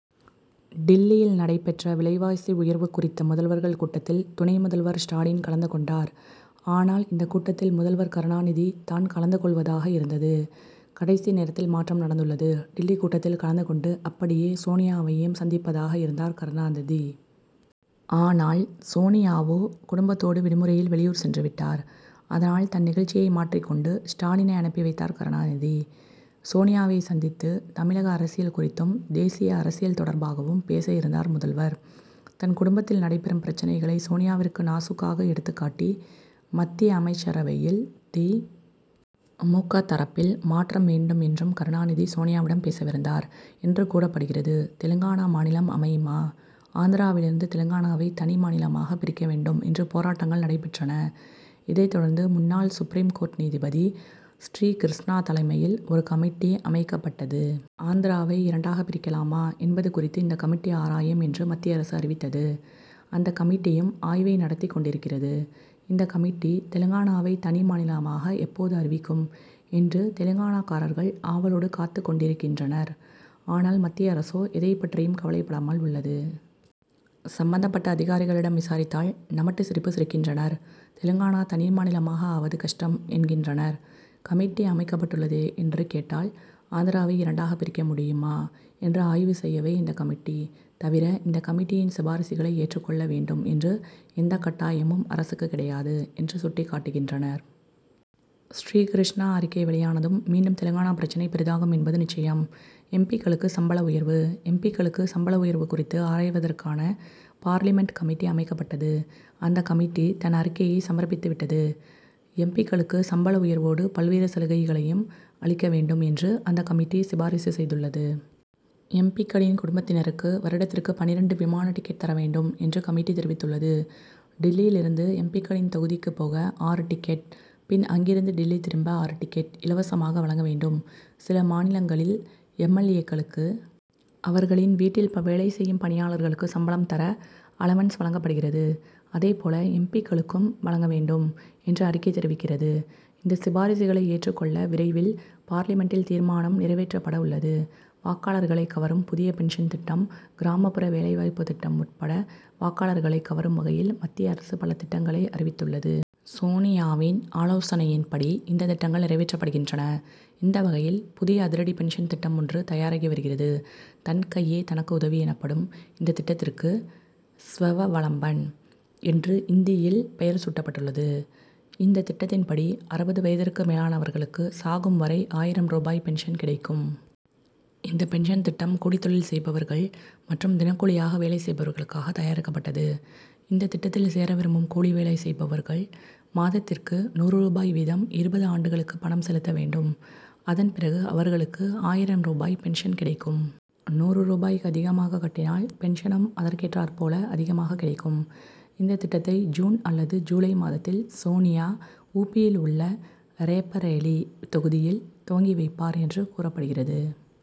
டில்லியில் நடைபெற்ற விலைவாசி உயர்வு குறித்த முதல்வர்கள் கூட்டத்தில் துணை முதல்வர் ஸ்டாலின் கலந்து கொண்டார். ஆனால், இந்தக் கூட்டத்தில் முதல்வர் கருணாநிதி தான் கலந்து கொள்வதாக இருந்தது. கடைசி நேரத்தில் மாற்றம் நடந்துள்ளது. டில்லி கூட்டத்தில் கலந்து கொண்டு அப்படியே சோனியாவையும் சந்திப்பதாக இருந்தார் கருணாநிதி. ஆனால், சோனியாவோ, குடும்பத்தோடு விடுமுறையில் வெளியூர் சென்றுவிட்டார். அதனால், தன் நிகழ்ச்சியை மாற்றிக் கொண்டு ஸ்டாலினை அனுப்பி வைத்தார் கருணாநிதி. சோனியாவை சந்தித்து தமிழக அரசியல் குறித்தும், தேசிய அரசியல் தொடர்பாகவும் பேச இருந்தார் முதல்வர். தன் குடும்பத்தில் நடைபெறும் பிரச்னைகளை சோனியாவிற்கு நாசூக்காக எடுத்துக் காட்டி, மத்திய அமைச்சரவையில் தி. மு. க., தரப்பில் மாற்றம் வேண்டும் என்றும் கருணாநிதி, சோனியாவிடம் பேசவிருந்தார் என்று கூறப்படுகிறது. தெலுங்கானா மாநிலம் அமையுமா? ஆந்திராவிலிருந்து தெலுங்கானாவை தனி மாநிலமாக பிரிக்க வேண்டும் என்று போராட்டங்கள் நடைபெற்றன. இதைத் தொடர்ந்து, முன்னாள் சுப்ரீம் கோர்ட் நீதிபதி ஸ்ரீகிருஷ்ணா தலைமையில், ஒரு கமிட்டி அமைக்கப்பட்டது. ஆந்திராவை இரண்டாகப் பிரிக்கலாமா என்பது குறித்து இந்த கமிட்டி ஆராயும் என்று மத்திய அரசு அறிவித்தது. அந்த கமிட்டியும் ஆய்வை நடத்திக் கொண்டிருக்கிறது. இந்த கமிட்டி தெலுங்கானாவை தனி மாநிலமாக எப்போது அறிவிக்கும் என்று தெலுங்கானாக்காரர்கள் ஆவலோடு காத்துக் கொண்டிருக்கின்றனர். ஆனால், மத்திய அரசோ எதைப் பற்றியும் கவலைப்படாமல் உள்ளது. சம்பந்தப்பட்ட அதிகாரிகளிடம் விசாரித்தால், நமட்டு சிரிப்பு சிரிக்கின்றனர். தெலுங்கானா தனி மாநிலமாக ஆவது கஷ்டம் என்கின்றனர். கமிட்டி அமைக்கப்பட்டுள்ளதே என்று கேட்டால், ஆந்திராவை இரண்டாகப் பிரிக்க முடியுமா என்று ஆய்வு செய்யவே இந்த கமிட்டி, தவிர இந்த கமிட்டியின் சிபாரிசுகளை ஏற்றுக் கொள்ள வேண்டும் என்று எந்த கட்டாயமும் அரசுக்குக் கிடையாது என்று சுட்டிக் காட்டுகின்றனர். ஸ்ரீகிருஷ்ணா அறிக்கை வெளியானதும் மீண்டும் தெலுங்கானா பிரச்னை பெரிதாகும் என்பது நிச்சயம். எம். பி.,க்களுக்கு சம்பள உயர்வு? எம். பி.,க்களுக்கு சம்பள உயர்வு குறித்து ஆராய்வதற்கான பார்லிமென்ட் கமிட்டி அமைக்கப்பட்டது. அந்த கமிட்டி தன் அறிக்கையை சமர்ப்பித்துவிட்டது. எம். பி.,க் களுக்கு சம்பள உயர்வோடு பல்வேறு சலுகைகளையும் அளிக்க வேண்டும் என்று அந்த கமிட்டி சிபாரிசு செய்துள்ளது. எம். பி.,க்களின் குடும்பத்தினருக்கு வருடத்திற்கு பன்னிரண்டு விமான டிக்கெட் தர வேண்டும் என்று கமிட்டி தெரிவித்துள்ளது. டில்லியிலிருந்து எம். பி.,க்களின் தொகுதிக்கு போக ஆறு டிக்கெட், பின் அங்கிருந்து டில்லி திரும்ப ஆறு டிக்கெட் இலவசமாக வழங்க வேண்டும். சில மாநிலங்களில் எம். எல். ஏ.,க்களுக்கு அவர்களின் வீட்டில் வேலை செய்யும் பணியாளர்களுக்கு சம்பளம் தர, 'அலவன்ஸ்' வழங்கப்படுகிறது. அதே போல, எம். பி.,க்களுக்கும் வழங்க வேண்டும் என்று அறிக்கை தெரிவிக்கிறது. இந்த சிபாரிசுகளை ஏற்றுக் கொள்ள விரைவில், பார்லிமென்ட்டில் தீர்மானம் நிறைவேற்றப்பட உள்ளது. வாக்காளர்களை கவரும் புதிய பென்ஷன் திட்டம்: கிராமப்புற வேலை வாய்ப்பு திட்டம் உட்பட வாக்காளர்களைக் கவரும் வகையில், மத்திய அரசு பல திட்டங்களை அறிவித்துள்ளது. சோனியாவின் ஆலோசனையின்படி இந்த திட்டங்கள் நிறைவேற்றப்படுகின்றன. இந்த வகையில், புதிய அதிரடி பென்ஷன் திட்டம் ஒன்று தயாராகி வருகிறது. தன் கையே தனக்கு உதவி எனப்படும் இந்த திட்டத்திற்கு, 'ஸ்வவலம்பன்' என்று இந்தியில் பெயர் சூட்டப்பட்டுள்ளது. இந்த திட்டத்தின்படி, அறுபது வயதிற்கு மேலானவர்களுக்கு சாகும் வரை ஆயிரம் ரூபாய் பென்ஷன் கிடைக்கும். இந்த பென்ஷன் திட்டம் கூலித் தொழில் செய்பவர்கள் மற்றும் தினக்கூலியாக வேலை செய்பவர்களுக்காக தயாரிக்கப்பட்டது. இந்த திட்டத்தில் சேர விரும்பும் கூலி வேலை செய்பவர்கள் மாதத்திற்கு நூறு ரூபாய் வீதம் இருபது ஆண்டுகளுக்கு பணம் செலுத்த வேண்டும். அதன் பிறகு அவர்களுக்கு ஆயிரம் ரூபாய் பென்ஷன் கிடைக்கும். நூறு ரூபாய்க்கு அதிகமாக கட்டினால், பென்ஷனும் அதற்கேற்றாற் போல அதிகமாக கிடைக்கும். இந்த திட்டத்தை ஜூன் அல்லது ஜூலை மாதத்தில், சோனியா, உ. பி.,யில் உள்ள ரேபரேலி தொகுதியில் துவங்கி வைப்பார் என்று கூறப்படுகிறது.